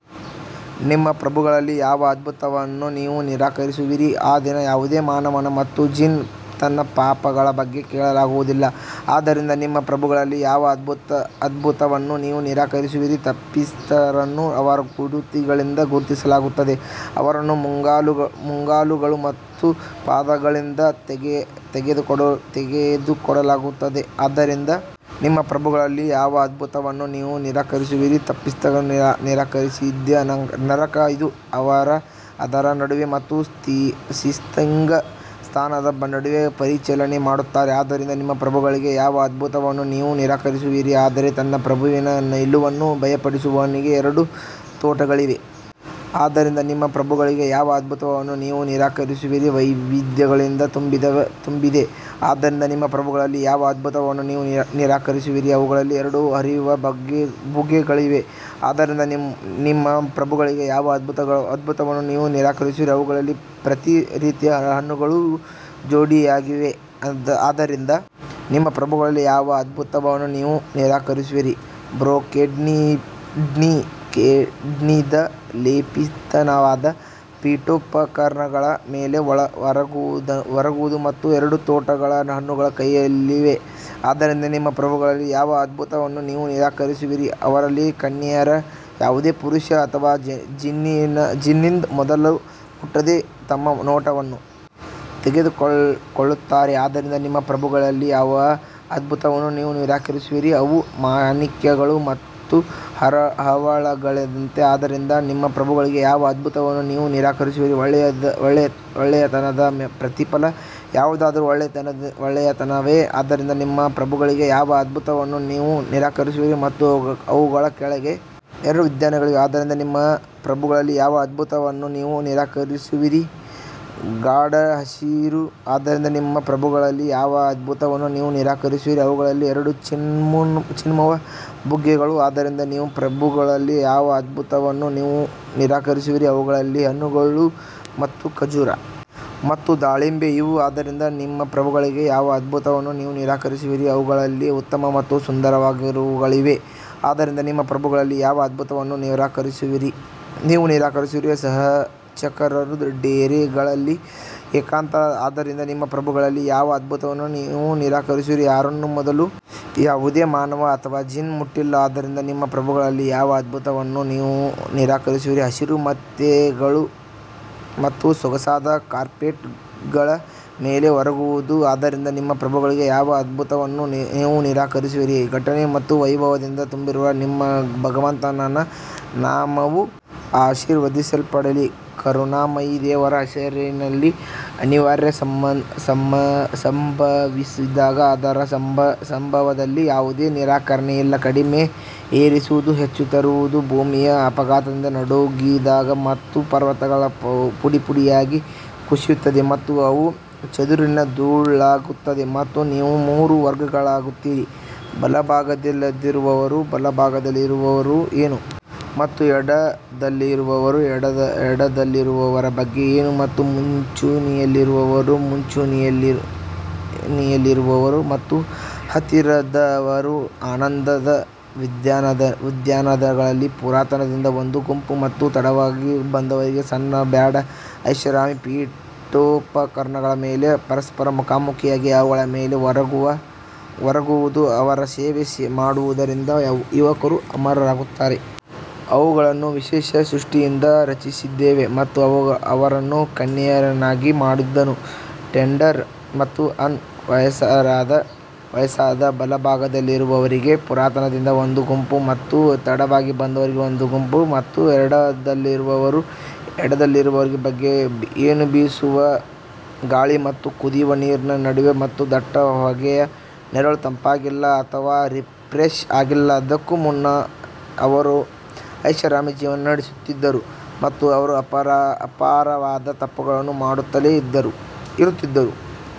ನಿಮ್ಮ ಪ್ರಭುಗಳಲ್ಲಿ ಯಾವ ಅದ್ಭುತವನ್ನು ನೀವು ನಿರಾಕರಿಸುವಿರಿ ಆ ದಿನ ಯಾವುದೇ ಮಾನವ ಮತ್ತು ಜಿನ್ ತನ್ನ ಪಾಪಗಳ ಬಗ್ಗೆ ಕೇಳಲಾಗುವುದಿಲ್ಲ ಆದ್ದರಿಂದ ನಿಮ್ಮ ಪ್ರಭುಗಳಲ್ಲಿ ಯಾವ ಅದ್ಭುತವನ್ನು ನೀವು ನಿರಾಕರಿಸುವಿರಿ ತಪ್ಪಿತಸ್ಥರನ್ನು ಅವರ ಗುರುತುಗಳಿಂದ ಗುರುತಿಸಲಾಗುತ್ತದೆ, ಅವರನ್ನು ಮುಂಗಾಲುಗಳು ಮತ್ತು ಪಾದಗಳಿಂದ ತೆಗೆದುಕೊಳ್ಳಲಾಗುತ್ತದೆ ಆದ್ದರಿಂದ ನಿಮ್ಮ ಪ್ರಭುಗಳಲ್ಲಿ ಯಾವ ಅದ್ಭುತವನ್ನು ನೀವು ನಿರಾಕರಿಸುವಿರಿ ತಪ್ಪಿತಸ್ಥರು ನಿರಾಕರಿಸಿದ ನರಕ ಇದು ಅವರು ಅದರ ನಡುವೆ ಮತ್ತು ಸೀಥಿಂಗ್ ಸ್ನಾನದ ನಡುವೆ ಪರಿಚಲನೆ ಮಾಡುತ್ತಾರೆ ಆದ್ದರಿಂದ ನಿಮ್ಮ ಪ್ರಭುಗಳಲ್ಲಿ ಯಾವ ಅದ್ಭುತವನ್ನು ನೀವು ನಿರಾಕರಿಸುವಿರಿ ಆದರೆ ತನ್ನ ಪ್ರಭುವಿನ ನಿಲುವನ್ನು ಭಯಪಡುವವನಿಗೆ ಎರಡು ತೋಟಗಳಿವೆ ಆದ್ದರಿಂದ ನಿಮ್ಮ ಪ್ರಭುಗಳಲ್ಲಿ ಯಾವ ಅದ್ಭುತವನ್ನು ನೀವು ನಿರಾಕರಿಸುವಿರಿ ವೈವಿಧ್ಯಗಳಿಂದ ತುಂಬಿದೆ ಆದ್ದರಿಂದ ನಿಮ್ಮ ಪ್ರಭುಗಳಲ್ಲಿ ಯಾವ ಅದ್ಭುತವನ್ನು ನೀವು ನಿರಾಕರಿಸುವಿರಿ ಅವುಗಳಲ್ಲಿ ಎರಡು ಹರಿಯುವ ಬುಗ್ಗೆಗಳಿವೆ ಆದ್ದರಿಂದ ನಿಮ್ಮ ಪ್ರಭುಗಳಲ್ಲಿ ಯಾವ ಅದ್ಭುತವನ್ನು ನೀವು ನಿರಾಕರಿಸುವಿರಿ ಅವುಗಳಲ್ಲಿ ಪ್ರತಿ ರೀತಿಯ ಹಣ್ಣುಗಳು ಜೋಡಿಯಾಗಿವೆ ಆದ್ದರಿಂದ ನಿಮ್ಮ ಪ್ರಭುಗಳಲ್ಲಿ ಯಾವ ಅದ್ಭುತವನ್ನು ನೀವು ನಿರಾಕರಿಸುವಿರಿ ಬ್ರೊಕೇಡ್ನಿಂದ ಲೇಪಿತವಾದ ಪೀಠೋಪಕರಣಗಳ ಮೇಲೆ ಒರಗುವುದು ಮತ್ತು ಎರಡು ತೋಟಗಳ ಹಣ್ಣುಗಳು ಕೈಯಲ್ಲಿವೆ ಆದ್ದರಿಂದ ನಿಮ್ಮ ಪ್ರಭುಗಳಲ್ಲಿ ಯಾವ ಅದ್ಭುತವನ್ನು ನೀವು ನಿರಾಕರಿಸುವಿರಿ ಅವರಲ್ಲಿ ಕನ್ಯೆಯರು ಯಾವುದೇ ಪುರುಷ ಅಥವಾ ಜಿನ್ನಿಂದ ಮೊದಲು ಮುಟ್ಟದೆ ತಮ್ಮ ನೋಟವನ್ನು ತಡೆದುಕೊಳ್ಳುತ್ತಾರೆ ಆದ್ದರಿಂದ ನಿಮ್ಮ ಪ್ರಭುಗಳಲ್ಲಿ ಯಾವ ಅದ್ಭುತವನ್ನು ನೀವು ನಿರಾಕರಿಸುವಿರಿ ಅವು ಮಾಣಿಕ್ಯಗಳು ಮತ್ತು ಹವಳಗಳಿದ್ದಂತೆ ಆದ್ದರಿಂದ ನಿಮ್ಮ ಪ್ರಭುಗಳಲ್ಲಿ ಯಾವ ಅದ್ಭುತವನ್ನು ನೀವು ನಿರಾಕರಿಸುವಿರಿ ಒಳ್ಳೆಯತನದ ಪ್ರತಿಫಲ ಯಾವುದಾದರೂ ಒಳ್ಳೆಯತನವೇ ಆದ್ದರಿಂದ ನಿಮ್ಮ ಪ್ರಭುಗಳಲ್ಲಿ ಯಾವ ಅದ್ಭುತವನ್ನು ನೀವು ನಿರಾಕರಿಸುವಿರಿ ಮತ್ತು ಅವುಗಳ ಕೆಳಗೆ ಎರಡು ಉದ್ಯಾನಗಳಿವೆ ಆದ್ದರಿಂದ ನಿಮ್ಮ ಪ್ರಭುಗಳಲ್ಲಿ ಯಾವ ಅದ್ಭುತವನ್ನು ನೀವು ನಿರಾಕರಿಸುವಿರಿ ಗಾಢ ಹಸಿರು ಆದ್ದರಿಂದ ನಿಮ್ಮ ಪ್ರಭುಗಳಲ್ಲಿ ಯಾವ ಅದ್ಭುತವನ್ನು ನೀವು ನಿರಾಕರಿಸುವಿರಿ ಅವುಗಳಲ್ಲಿ ಎರಡು ಚಿಮ್ಮುವ ಬುಗ್ಗೆಗಳು ಆದ್ದರಿಂದ ನಿಮ್ಮ ಪ್ರಭುಗಳಲ್ಲಿ ಯಾವ ಅದ್ಭುತವನ್ನು ನೀವು ನಿರಾಕರಿಸುವಿರಿ ಅವುಗಳಲ್ಲಿ ಹಣ್ಣುಗಳು ಮತ್ತು ಖರ್ಜೂರ ಮತ್ತು ದಾಳಿಂಬೆ ಇವೆ ಆದ್ದರಿಂದ ನಿಮ್ಮ ಪ್ರಭುಗಳಲ್ಲಿ ಯಾವ ಅದ್ಭುತವನ್ನು ನೀವು ನಿರಾಕರಿಸುವಿರಿ ಅವುಗಳಲ್ಲಿ ಉತ್ತಮ ಮತ್ತು ಸುಂದರವಾದವುಗಳಿವೆ ಆದ್ದರಿಂದ ನಿಮ್ಮ ಪ್ರಭುಗಳಲ್ಲಿ ಯಾವ ಅದ್ಭುತವನ್ನು ನೀವು ನಿರಾಕರಿಸುವಿರಿ ಸಹಚರರು ಡೇರೆಗಳಲ್ಲಿ ಏಕಾಂತ ಆದ್ದರಿಂದ ನಿಮ್ಮ ಪ್ರಭುಗಳಲ್ಲಿ ಯಾವ ಅದ್ಭುತವನ್ನು ನೀವು ನಿರಾಕರಿಸುವಿರಿ ಯಾರನ್ನು ಮೊದಲು ಯಾವುದೇ ಮಾನವ ಅಥವಾ ಜಿನ್ ಮುಟ್ಟಿಲ್ಲ ಆದ್ದರಿಂದ ನಿಮ್ಮ ಪ್ರಭುಗಳಲ್ಲಿ ಯಾವ ಅದ್ಭುತವನ್ನು ನೀವು ನಿರಾಕರಿಸುವಿರಿ ಹಸಿರು ಮೆತ್ತೆಗಳು ಮತ್ತು ಸೊಗಸಾದ ಕಾರ್ಪೆಟ್ಗಳ ಮೇಲೆ ಒರಗುವುದು ಆದ್ದರಿಂದ ನಿಮ್ಮ ಪ್ರಭುಗಳಲ್ಲಿ ಯಾವ ಅದ್ಭುತವನ್ನು ನೀವು ನಿರಾಕರಿಸುವಿರಿ ಘನತೆ ಮತ್ತು ವೈಭವದಿಂದ ತುಂಬಿರುವ ನಿಮ್ಮ ಭಗವಂತನ ನಾಮವು ಆಶೀರ್ವದಿಸಲ್ಪಡಲಿ ಕರುಣಾಮಯಿ ದೇವರ ಹೆಸರಿನಲ್ಲಿ ಅನಿವಾರ್ಯ ಸಂಭವಿಸಿದಾಗ ಅದರ ಸಂಭವದಲ್ಲಿ ಯಾವುದೇ ನಿರಾಕರಣೆ ಇಲ್ಲ ಕಡಿಮೆ ಏರಿಸುವುದು ಹೆಚ್ಚು ತರುವುದು ಭೂಮಿಯು ಆಘಾತದಿಂದ ನಡುಗಿದಾಗ ಮತ್ತು ಪರ್ವತಗಳು ಪುಡಿಪುಡಿಯಾಗಿ ಕುಸಿಯುತ್ತವೆ ಮತ್ತು ಅವು ಚದುರಿದ ಧೂಳಾಗುತ್ತವೆ ಮತ್ತು ನೀವು ಮೂರು ವರ್ಗಗಳಾಗುತ್ತೀರಿ ಬಲಭಾಗದಲ್ಲಿರುವವರು ಬಲಭಾಗದಲ್ಲಿರುವವರು ಏನು ಮತ್ತು ಎಡದಲ್ಲಿರುವವರು ಎಡದಲ್ಲಿರುವವರ ಬಗ್ಗೆ ಏನು ಮತ್ತು ಮುಂಚೂಣಿಯಲ್ಲಿರುವವರು ಮುಂಚೂಣಿಯಲ್ಲಿರುವವರು ಅವರು ಹತ್ತಿರದವರು ಆನಂದದ ಉದ್ಯಾನಗಳಲ್ಲಿ ಪುರಾತನರಿಂದ ಒಂದು ಗುಂಪು ಮತ್ತು ತಡವಾಗಿ ಬಂದವರಿಂದ ಸಣ್ಣ ಬ್ಯಾಂಡ್ ಐಷಾರಾಮಿ ಪೀಠೋಪಕರಣಗಳ ಮೇಲೆ ಪರಸ್ಪರ ಮುಖಾಮುಖಿಯಾಗಿ ಅವುಗಳ ಮೇಲೆ ಒರಗುವುದು ಅವರ ಸೇವೆ ಮಾಡುವುದರಿಂದ ಯುವಕರು ಅಮರರಾಗುತ್ತಾರೆ ಅವುಗಳನ್ನು ವಿಶೇಷ ಸೃಷ್ಟಿಯಿಂದ ರಚಿಸಿದ್ದೇವೆ ಮತ್ತು ಅವರನ್ನು ಕನ್ಯೆಯನ್ನಾಗಿ ಮಾಡಿದನು ಟೆಂಡರ್ ಮತ್ತು ಅನ್ ವಯಸ್ಸಾದ ಬಲಭಾಗದಲ್ಲಿರುವವರಿಗೆ ಪುರಾತನರಿಂದ ಒಂದು ಗುಂಪು ಮತ್ತು ತಡವಾಗಿ ಬಂದವರಿಂದ ಒಂದು ಗುಂಪು ಮತ್ತು ಎಡದಲ್ಲಿರುವವರು ಎಡದಲ್ಲಿರುವವರ ಬಗ್ಗೆ ಏನು ಬೀಸುವ ಗಾಳಿ ಮತ್ತು ಕುದಿಯುವ ನೀರಿನ ನಡುವೆ ಮತ್ತು ದಟ್ಟ ಹೊಗೆಯ ನೆರಳು ತಂಪಾಗಿಲ್ಲ ಅಥವಾ ರಿಫ್ರೆಶ್ ಆಗಿಲ್ಲ ಅದಕ್ಕೂ ಮುನ್ನ ಅವರು ಐಷಾರಾಮಿ ಜೀವನ ನಡೆಸುತ್ತಿದ್ದರು ಮತ್ತು ಅವರು ಅಪಾರವಾದ ತಪ್ಪುಗಳನ್ನು ಮಾಡುತ್ತಲೇ ಇರುತ್ತಿದ್ದರು.